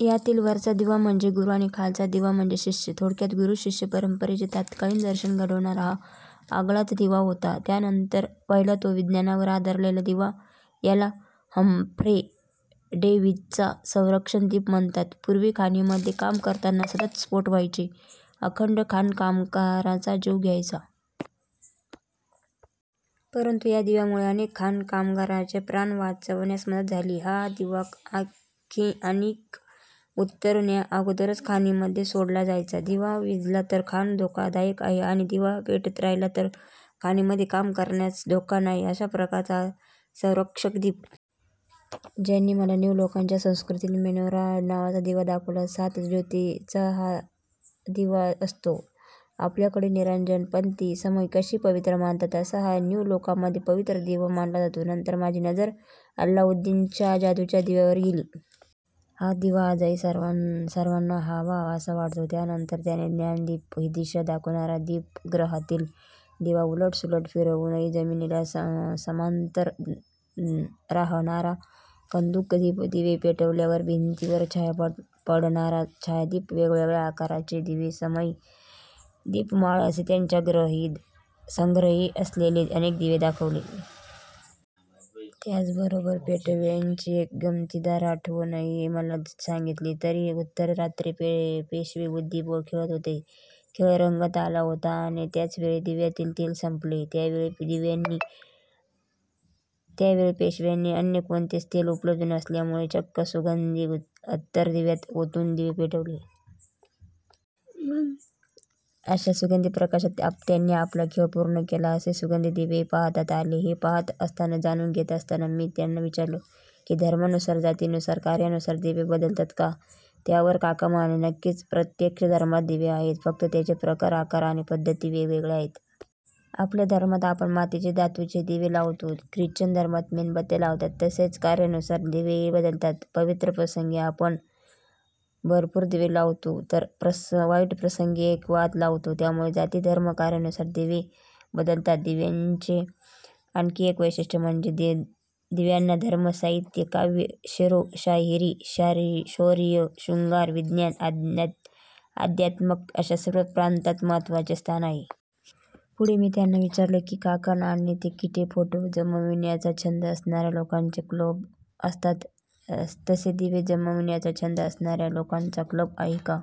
यातील वरचा दिवा म्हणजे गुरु आणि खालचा दिवा म्हणजे शिष्य. थोडक्यात गुरु-शिष्य परंपरेचे तत्कालीन दर्शन घडविणारा हा आगळाच दिवा होता. यानंतर पाहिला तो विज्ञानावर आधारलेला दिवा. याला हम्फ्रे डेव्हीचा 'संरक्षक दीप' म्हणतात. पूर्वी खाणीमध्ये काम करताना सतत स्फोट व्हायचे, असंख्य खाणकामगारांचा जीव जायचा. परंतु या दिव्यामुळे अनेक खाणकामगारांचे प्राण वाचण्यास मदत झाली. हा दिवा खाणीत उतरण्याअगोदर खाणीमध्ये सोडला जायचा. दिवा विझला तर खाण धोकादायक आहे आणि दिवा पेटत राहिला तर खाणीमध्ये काम करण्यास धोका नाही. अशा प्रकारचा हा संरक्षक दीप. त्यांनी मला ज्यू लोकांच्या संस्कृतीतील 'मेनोरा' नावाचा दिवा दाखवला. सात ज्योतींचा हा दिवा असतो. आपल्याकडे निरांजन, पणती, समई कशी पवित्र मानतात तसा हा ज्यू लोकांमध्ये पवित्र दिवा मानला जातो. नंतर माझी नजर 'अल्लाउद्दिन'च्या जादूच्या दिव्यावर गेली. हा दिवा आजही सर्वांना हवाहवासा वाटतो. यानंतर त्यांनी ज्ञानदीप, दिशा दाखविणारा दीपगृहातील दिवा, उलट-सुलट फिरवूनही जमिनीला समांतर राहणारा 'कंदुक दीप', दिवे पेटवल्यावर भिंतीवर छाया पडणारा 'छायादीप', वेगवेगळ्या आकारांचे दिवे, समई, दीपमाळ असे त्यांच्या संग्रही असलेले अनेक दिवे दाखविले. त्याचबरोबर पेशव्यांची एक गमतीदार आठवणही मला सांगितली की, उत्तररात्री पेशवे बुद्धिबळ खेळत होते, खेळ रंगत आला होता आणि त्याचवेळी दिव्यातील तेल संपले. यावेळी पेशव्यांनी अन्य कोणतेच तेल उपलब्ध नसल्याने चक्क सुगंधी अत्तर दिव्यात ओतून दिवे पेटवले. अशा सुगंधी प्रकाशात त्यांनी आपला खेळ पूर्ण केला. असे सुगंधी दिवेही पाहता आले. हे पाहत असताना, जाणून घेत असताना मी त्यांना विचारलं की, धर्मानुसार-जातीनुसार-कार्यानुसार दिवे बदलतात का? त्यावर काका म्हणाले, नक्कीच. प्रत्येक धर्मात दिवे आहेत, फक्त त्यांचे प्रकार, आकार आणि पद्धती वेगळ्या आहेत. आपल्या धर्मात आपण मातीचे, धातूचे दिवे लावतो, ख्रिश्चन धर्मात मेणबत्त्या लावतात. तसेच कार्यानुसार दिवेही बदलतात. पवित्र प्रसंगी आपण भरपूर दिवे लावतो तर वाईट प्रसंगी एक वात लावतो. त्यामुळे जाती-धर्म-कार्यानुसार दिवे बदलतात. दिव्यांचे आणखी एक वैशिष्ट्य म्हणजे दिव्यांना धर्म, साहित्य, काव्य-शेरोशायरी, शौर्य, शृंगार, विज्ञान, अध्यात्म अशा सर्व प्रांतात महत्त्वाचे स्थान आहे. पुढे मी त्यांना विचारलं की, काका नाणी, तिकिटे, फोटो जमविण्याचा छंद असणाऱ्या लोकांचे क्लब असतात तसे दिवे जमविण्याचा छंद असणाऱ्या लोकांचा क्लब आहे का?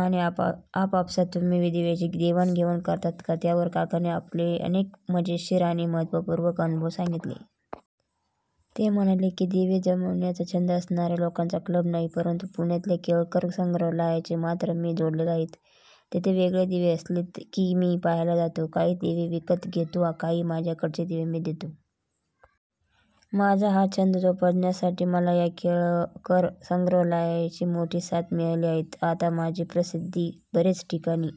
आणि आपापसात तुम्ही दिव्यांची देवाण-घेवाण करता का? त्यावर काकांनी आपले अनेक मजेशीर आणि माहितीपूर्ण अनुभव सांगितले. ते म्हणाले की, दिवे जमविण्याचा छंद असणाऱ्या लोकांचा क्लब नाही, परंतु पुण्याच्या केळकर संग्रहालयाशी मात्र मी जोडलेला आहे. तिथे वेगळे दिवे दिसले की मी पाहायला जातो, काही दिवे विकत घेतो, काही माझ्याकडचे दिवे मी देतो. माझा हा छंद जोपासण्यासाठी मला या केळकर संग्रहालयाची मोठी साथ मिळाली आहे. आता माझी प्रसिद्धी बरेच ठिकाणी...